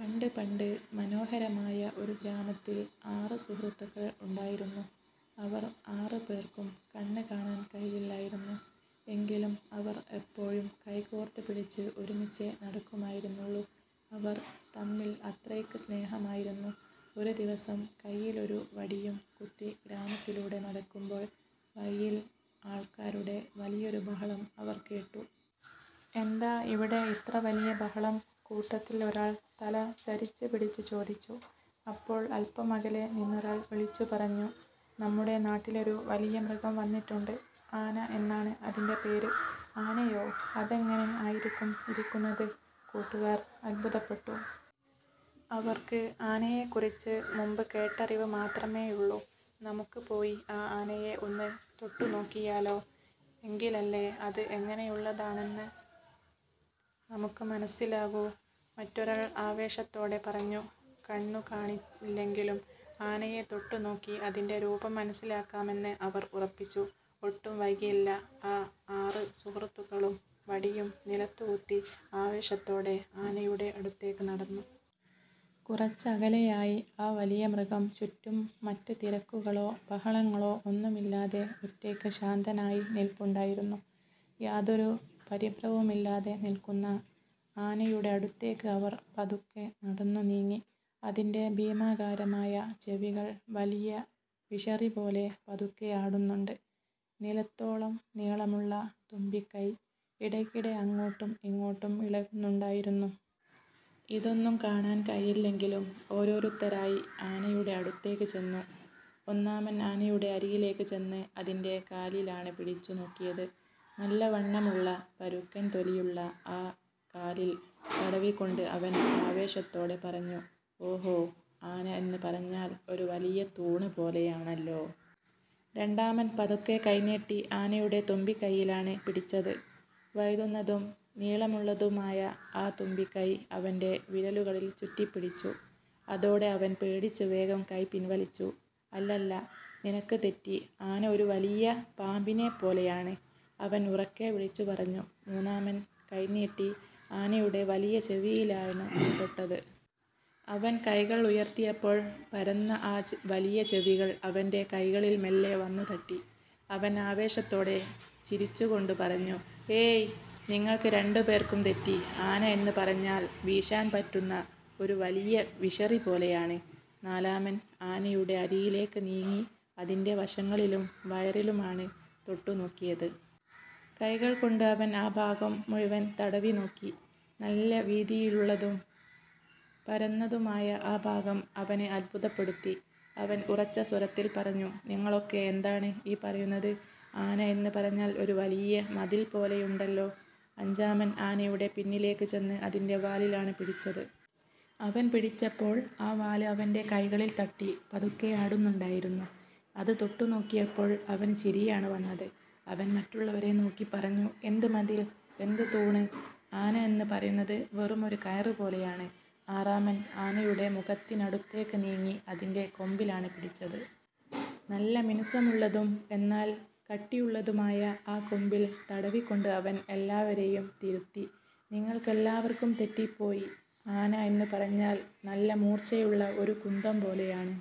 പണ്ട് പണ്ട്, മനോഹരമായ ഒരു ഗ്രാമത്തിൽ ആറ് സുഹൃത്തുക്കൾ ഉണ്ടായിരുന്നു. അവർ ആറുപേർക്കും കണ്ണ് കാണാൻ കഴിയില്ലായിരുന്നു. എങ്കിലും അവർ എപ്പോഴും കൈകോർത്ത് പിടിച്ച് ഒരുമിച്ചേ നടക്കുമായിരുന്നുള്ളൂ. അവർ തമ്മിൽ അത്രയ്ക്ക് സ്നേഹമായിരുന്നു. ഒരു ദിവസം കയ്യിലൊരു വടിയും കുത്തി ഗ്രാമത്തിലൂടെ നടക്കുമ്പോൾ, വഴിയിൽ ആൾക്കാരുടെ വലിയൊരു ബഹളം അവർ കേട്ടു. "എന്താ ഇവിടെ ഇത്ര വലിയ ബഹളം? " കൂട്ടത്തിൽ ഒരാൾ തല ചരിച്ചു പിടിച്ച് ചോദിച്ചു. അപ്പോൾ അല്പം അകലെ നിന്നൊരാൾ വിളിച്ചു പറഞ്ഞു: "നമ്മുടെ നാട്ടിലൊരു വലിയ മൃഗം വന്നിട്ടുണ്ട്. ആന എന്നാണ് അതിന്റെ പേര്! " "ആനയോ? അതെങ്ങനെ ആയിരിക്കും ഇരിക്കുന്നത്? " കൂട്ടുകാർ അത്ഭുതപ്പെട്ടു. അവർക്ക് ആനയെക്കുറിച്ച് മുൻപ് കേട്ടറിവ് മാത്രമേയുള്ളൂ. "നമുക്ക് പോയി ആ ആനയെ ഒന്ന് തൊട്ടുനോക്കിയാലോ? എങ്കിലല്ലേ അത് എങ്ങനെയുള്ളതാണെന്ന് നമുക്ക് മനസ്സിലാകൂ! " മറ്റൊരാൾ ആവേശത്തോടെ പറഞ്ഞു. കണ്ണു കാണില്ലെങ്കിലും ആനയെ തൊട്ടുനോക്കി അതിന്റെ രൂപം മനസ്സിലാക്കാമെന്ന് അവർ ഉറപ്പിച്ചു. ഒട്ടും വൈകിയില്ല, ആ ആറ് സുഹൃത്തുക്കളും വടിയും നിലത്തുകുത്തി ആവേശത്തോടെ ആനയുടെ അടുത്തേക്ക് നടന്നു. കുറച്ചകലെയായി ആ വലിയ മൃഗം ചുറ്റും മറ്റ് തിരക്കുകളോ ബഹളങ്ങളോ ഒന്നുമില്ലാതെ ഒറ്റയ്ക്ക് ശാന്തനായി നിൽപ്പുണ്ടായിരുന്നു. യാതൊരു പരിഭ്രമവുമില്ലാതെ നിൽക്കുന്ന ആനയുടെ അടുത്തേക്ക് അവർ പതുക്കെ നടന്നുനീങ്ങി. അതിന്റെ ഭീമാകാരമായ ചെവികൾ വലിയ വിശറിപോലെ പതുക്കെ ആടുന്നുണ്ട്. നിലത്തോളം നീളമുള്ള തുമ്പിക്കൈ ഇടയ്ക്കിടെ അങ്ങോട്ടും ഇങ്ങോട്ടും ഇളകുന്നുണ്ടായിരുന്നു. ഇതൊന്നും കാണാൻ കഴിയില്ലെങ്കിലും ഓരോരുത്തരായി ആനയുടെ അടുത്തേക്ക് ചെന്നു. ഒന്നാമൻ ആനയുടെ അരികിലേക്ക് ചെന്ന് അതിന്റെ കാലിലാണ് പിടിച്ചു നോക്കിയത്. നല്ല വണ്ണമുള്ള, പരുക്കൻ തൊലിയുള്ള ആ കാലിൽ തടവിക്കൊണ്ട് അവൻ ആവേശത്തോടെ പറഞ്ഞു: "ഓഹോ! ആന എന്ന് പറഞ്ഞാൽ ഒരു വലിയ തൂണ് പോലെയാണല്ലോ! " രണ്ടാമൻ പതുക്കെ കൈനീട്ടി ആനയുടെ തുമ്പിക്കൈയിലാണ് പിടിച്ചത്. വഴുതുന്നതും നീളമുള്ളതുമായ ആ തുമ്പിക്കൈ അവന്റെ വിരലുകളിൽ ചുറ്റിപ്പിടിച്ചു. അതോടെ അവൻ പേടിച്ച് വേഗം കൈ പിൻവലിച്ചു. "അല്ലല്ല, നിനക്ക് തെറ്റി! ആന ഒരു വലിയ പാമ്പിനെപ്പോലെയാണ്! " അവൻ ഉറക്കെ വിളിച്ചുപറഞ്ഞു. മൂന്നാമൻ കൈനീട്ടി ആനയുടെ വലിയ ചെവിയിലാണ് തൊട്ടത്. അവൻ കൈകൾ ഉയർത്തിയപ്പോൾ പരന്ന ആ വലിയ ചെവികൾ അവന്റെ കൈകളിൽ മെല്ലെ വന്നു തട്ടി. അവൻ ആവേശത്തോടെ ചിരിച്ചു കൊണ്ട് പറഞ്ഞു: "ഏയ്, നിങ്ങൾക്ക് രണ്ടുപേർക്കും തെറ്റി! ആന എന്ന് പറഞ്ഞാൽ വീശാൻ പറ്റുന്ന ഒരു വലിയ വിശറി പോലെയാണ്. " നാലാമൻ ആനയുടെ അരികിലേക്ക് നീങ്ങി അതിന്റെ വശങ്ങളിലും വയറിലുമാണ് തൊട്ടു നോക്കിയത്. കൈകൾ കൊണ്ട് അവൻ ആ ഭാഗം മുഴുവൻ തടവി നോക്കി. നല്ല വീതിയുള്ളതും പരന്നതുമായ ആ ഭാഗം അവനെ അത്ഭുതപ്പെടുത്തി. അവൻ ഉറച്ച സ്വരത്തിൽ പറഞ്ഞു, "നിങ്ങളൊക്കെ എന്താണ് ഈ പറയുന്നത്? ആന എന്ന് പറഞ്ഞാൽ ഒരു വലിയ മതിൽ പോലെയുണ്ടല്ലോ! " അഞ്ചാമൻ ആനയുടെ പിന്നിലേക്ക് ചെന്ന് അതിന്റെ വാലിലാണ് പിടിച്ചത്. അവൻ പിടിച്ചപ്പോൾ ആ വാല് അവന്റെ കൈകളിൽ തട്ടി പതുക്കെ ആടുന്നുണ്ടായിരുന്നു. അത് തൊട്ടുനോക്കിയപ്പോൾ അവന് ചിരിയാണ് വന്നത്. അവൻ മറ്റുള്ളവരെ നോക്കി പറഞ്ഞു, "എന്ത് മതിൽ? എന്ത് തൂണ്? ആന എന്ന് പറയുന്നത് വെറുമൊരു കയറ് പോലെയാണ്! " ആറാമൻ ആനയുടെ മുഖത്തിനടുത്തേക്ക് നീങ്ങി അതിന്റെ കൊമ്പിലാണ് പിടിച്ചത്. നല്ല മിനുസമുള്ളതും എന്നാൽ കട്ടിയുള്ളതുമായ ആ കൊമ്പിൽ തടവിക്കൊണ്ട് അവൻ എല്ലാവരെയും തിരുത്തി. "നിങ്ങൾക്കെല്ലാവർക്കും തെറ്റിപ്പോയി! ആന എന്ന് പറഞ്ഞാൽ നല്ല മൂർച്ചയുള്ള ഒരു കുന്തം പോലെയാണ്!